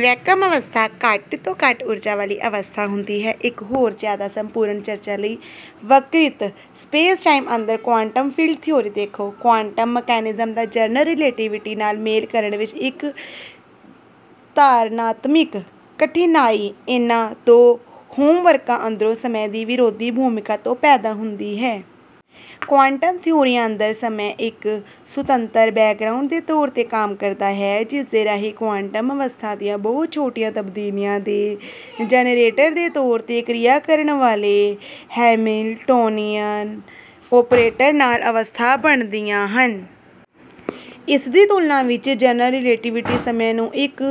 Vacuum ਅਵਸਥਾ ਘੱਟ ਤੋਂ ਘੱਟ ਊਰਜਾ ਵਾਲੀ ਅਵਸਥਾ ਹੁੰਦੀ ਹੈ। ਇੱਕ ਹੋਰ ਜਿਆਦਾ ਸੰਪੂਰਨ ਚਰਚਾ ਲਈ ਵਕਰਿਤ ਸਪੇਸਟਾਈਮ ਅੰਦਰ ਕੁਆਂਟਮ ਫੀਲਡ ਥਿਊਰੀ ਦੇਖੋ। ਕੁਆਂਟਮ ਮਕੈਨਿਕਸ ਦਾ ਜਨਰਲ ਰਿਲੇਟੀਵਿਟੀ ਨਾਲ ਮੇਲ ਕਰਨ ਵਿੱਚ ਇੱਕ ਧਾਰਨਾਤਮਿਕ ਕਠਿਨਾਈ ਇਹਨਾਂ ਦੋ ਫ੍ਰੇਮਵਰਕਾਂ ਅੰਦਰ ਸਮੇਂ ਦੀ ਵਿਰੋਧੀ ਭੂਮਿਕਾ ਤੋਂ ਪੈਦਾ ਹੁੰਦੀ ਹੈ। ਕੁਆਂਟਮ ਥਿਊਰੀਆਂ ਅੰਦਰ ਸਮਾਂ ਇੱਕ ਸੁਤੰਤਰ ਬੈਕਗ੍ਰਾਊਂਡ ਦੇ ਤੌਰ ਤੇ ਕੰਮ ਕਰਦਾ ਹੈ ਜਿਸਦੇ ਰਾਹੀਂ ਕੁਆਂਟਮ ਅਵਸਥਾਵਾਂ ਦੀਆਂ ਬਹੁਤ ਛੋਟੀਆਂ ਤਬਦੀਲੀਆਂ ਦੇ ਜਨਰੇਟਰ ਦੇ ਤੌਰ ਤੇ ਕ੍ਰਿਆ ਕਰਨ ਵਾਲੇ ਹੈਮਿਲਟੋਨੀਅਨ ਓਪਰੇਟਰ ਨਾਲ ਅਵਸਥਾਵਾਂ ਬਣਦੀਆਂ ਹਨ। ਇਸਦੀ ਤੁਲਨਾ ਵਿੱਚ ਜਨਰਲ ਰਿਲੇਟੀਵਿਟੀ ਸਮੇਂ ਨੂੰ ਇੱਕ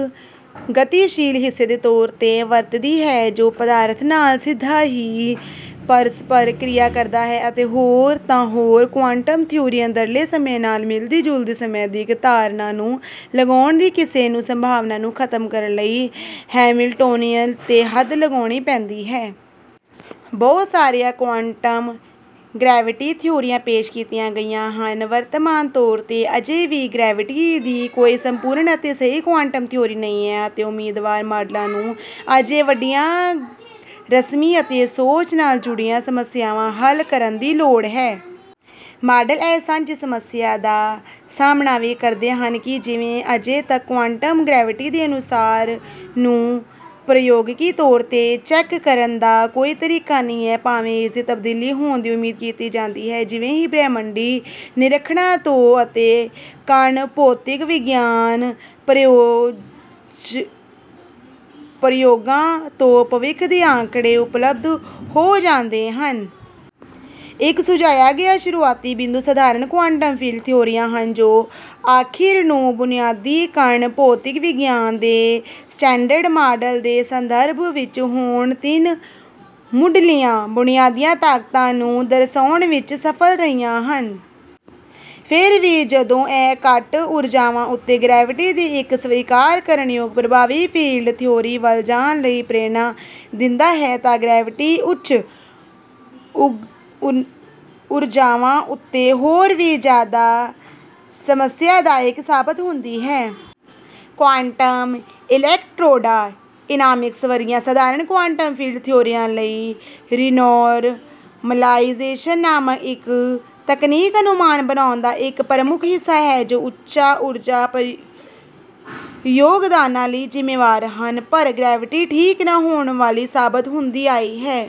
ਗਤੀਸ਼ੀਲ ਹਿੱਸੇ ਦੇ ਤੌਰ ਤੇ ਵਰਤਦੀ ਹੈ ਜੋ ਪਦਾਰਥ ਨਾਲ ਸਿੱਧਾ ਹੀ ਪਰਸਪਰ ਕ੍ਰਿਆ ਕਰਦਾ ਹੈ ਅਤੇ ਹੋਰ ਤਾਂ ਹੋਰ ਕੁਆਂਟਮ ਥਿਊਰੀ ਅੰਦਰਲੇ ਸਮੇਂ ਨਾਲ ਮਿਲਦੀ ਜੁਲਦੀ ਸਮੇਂ ਦੀ ਇੱਕ ਧਾਰਨਾ ਨੂੰ ਲਗਾਉਣ ਦੀ ਕਿਸੇ ਵੀ ਸੰਭਾਵਨਾ ਨੂੰ ਖਤਮ ਕਰਨ ਲਈ ਹੈਮਿਲਟੋਨੀਅਨ ਤੇ ਹੱਦ ਲਗਾਉਣੀ ਪੈਂਦੀ ਹੈ। ਬਹੁਤ ਸਾਰੀਆਂ ਕੁਆਂਟਮ ਗਰੈਵਿਟੀ ਥਿਊਰੀਆਂ ਪੇਸ਼ ਕੀਤੀਆਂ ਗਈਆਂ ਹਨ। ਵਰਤਮਾਨ ਤੌਰ ਤੇ ਅਜੇ ਵੀ ਗਰੈਵਿਟੀ ਦੀ ਕੋਈ ਸੰਪੂਰਨ ਅਤੇ ਸਹੀ ਕੁਆਂਟਮ ਥਿਊਰੀ ਨਹੀਂ ਹੈ ਅਤੇ ਉਮੀਦਵਾਰ ਮਾਡਲਾਂ ਨੂੰ ਅਜੇ ਵੱਡੀਆਂ ਰਸਮੀ ਅਤੇ ਸੋਚ ਨਾਲ ਜੁੜੀਆਂ ਸਮੱਸਿਆਵਾਂ ਹੱਲ ਕਰਨ ਦੀ ਲੋੜ ਹੈ। ਮਾਡਲ ਇਹ ਸਾਂਝੀ ਸਮੱਸਿਆ ਦਾ ਸਾਹਮਣਾ ਵੀ ਕਰਦੇ ਹਨ ਕਿ ਜਿਵੇਂ ਅਜੇ ਤੱਕ ਕੁਆਂਟਮ ਗਰੈਵਿਟੀ ਦੇ ਅਨੁਮਾਨਾਂ ਨੂੰ ਪ੍ਰਯੋਗਿਕ ਤੌਰ ਤੇ ਚੈੱਕ ਕਰਨ ਦਾ ਕੋਈ ਤਰੀਕਾ ਨਹੀਂ ਹੈ ਭਾਵੇਂ ਇਸ ਦੀ ਤਬਦੀਲੀ ਹੋਣ ਦੀ ਉਮੀਦ ਕੀਤੀ ਜਾਂਦੀ ਹੈ ਜਿਵੇਂ ਹੀ ਬ੍ਰਹਿਮੰਡੀ ਨਿਰੀਖਣਾਂ ਤੋਂ ਅਤੇ ਕਣ ਭੌਤਿਕ ਵਿਗਿਆਨ ਪ੍ਰਯੋਗਾਂ ਤੋਂ ਭਵਿੱਖ ਦੇ ਆਂਕੜੇ ਉਪਲਬਧ ਹੋ ਜਾਂਦੇ ਹਨ। ਇੱਕ ਸੁਝਾਇਆ ਗਿਆ ਸ਼ੁਰੂਆਤੀ ਬਿੰਦੂ ਸਧਾਰਨ ਕੁਆਂਟਮ ਫੀਲਡ ਥਿਊਰੀਆਂ ਹਨ ਜੋ ਆਖਿਰ ਨੂੰ ਬੁਨਿਆਦੀ ਕਣ ਭੌਤਿਕ ਵਿਗਿਆਨ ਦੇ ਸਟੈਂਡਰਡ ਮਾਡਲ ਦੇ ਸੰਦ੍ਰਭ ਵਿੱਚ ਹੋਰ ਤਿੰਨ ਮੁਢਲੀਆਂ ਬੁਨਿਆਦੀ ਤਾਕਤਾਂ ਨੂੰ ਦਰਸਾਉਣ ਵਿੱਚ ਸਫਲ ਰਹੀਆਂ ਹਨ। ਫਿਰ ਵੀ ਜਦੋਂਕਿ ਇਹ ਘੱਟ ਊਰਜਾਵਾਂ ਉੱਤੇ ਗਰੈਵਿਟੀ ਦੀ ਇੱਕ ਸਵੀਕਾਰ ਕਰਨ ਯੋਗ ਪ੍ਰਭਾਵੀ ਫੀਲਡ ਥਿਊਰੀ ਵੱਲ ਜਾਣ ਲਈ ਪ੍ਰੇਰਣਾ ਦਿੰਦਾ ਹੈ ਤਾਂ ਗਰੈਵਿਟੀ ਉੱਚ ਊਰਜਾਵਾਂ ਉੱਤੇ ਹੋਰ ਵੀ ਜਿਆਦਾ ਸਮੱਸਿਆਦਾਇਕ ਸਾਬਤ ਹੁੰਦੀ ਹੈ। ਕੁਆਂਟਮ ਇਲੈਕਟ੍ਰੋਡਾਇਨਾਮਿਕਸ ਵਰਗੀਆਂ ਸਧਾਰਨ ਕੁਆਂਟਮ ਫੀਲਡ ਥਿਊਰੀਆਂ ਲਈ ਰੀਨੌਰਮਲਾਇਜ਼ੇਸ਼ਨ ਨਾਮਕ ਇੱਕ ਤਕਨੀਕ ਅਨੁਮਾਨ ਬਣਾਉਣ ਦਾ ਇੱਕ ਪ੍ਰਮੁੱਖ ਹਿੱਸਾ ਹੈ ਜੋ ਉੱਚ ਊਰਜਾ ਯੋਗਦਾਨਾਂ ਲਈ ਜਿੰਮੇਵਾਰ ਹਨ ਪਰ ਗਰੈਵਿਟੀ ਠੀਕ ਨਾ ਹੋਣ ਵਾਲੀ ਸਾਬਤ ਹੁੰਦੀ ਆਈ ਹੈ।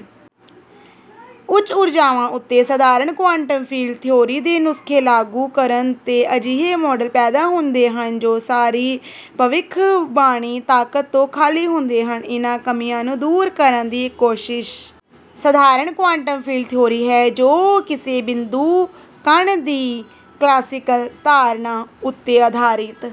ਉੱਚ ਊਰਜਾਵਾਂ ਉੱਤੇ ਸਧਾਰਨ ਕੁਆਂਟਮ ਫੀਲਡ ਥਿਊਰੀ ਦੇ ਨੁਸਖੇ ਲਾਗੂ ਕਰਨ ਤੇ ਅਜਿਹੇ ਮਾਡਲ ਪੈਦਾ ਹੁੰਦੇ ਹਨ ਜੋ ਸਾਰੀ ਭਵਿੱਖਬਾਣੀ ਤਾਕਤ ਤੋਂ ਖਾਲੀ ਹੁੰਦੇ ਹਨ। ਇਹਨਾਂ ਕਮੀਆਂ ਨੂੰ ਦੂਰ ਕਰਨ ਦੀ ਇੱਕ ਕੋਸ਼ਿਸ਼ ਸਧਾਰਨ ਕੁਆਂਟਮ ਫੀਲਡ ਥਿਊਰੀ ਹੈ ਜੋ ਕਿਸੇ ਬਿੰਦੂ ਕਣ ਦੀ ਕਲਾਸੀਕਲ ਧਾਰਨਾ ਉੱਤੇ ਅਧਾਰਿਤ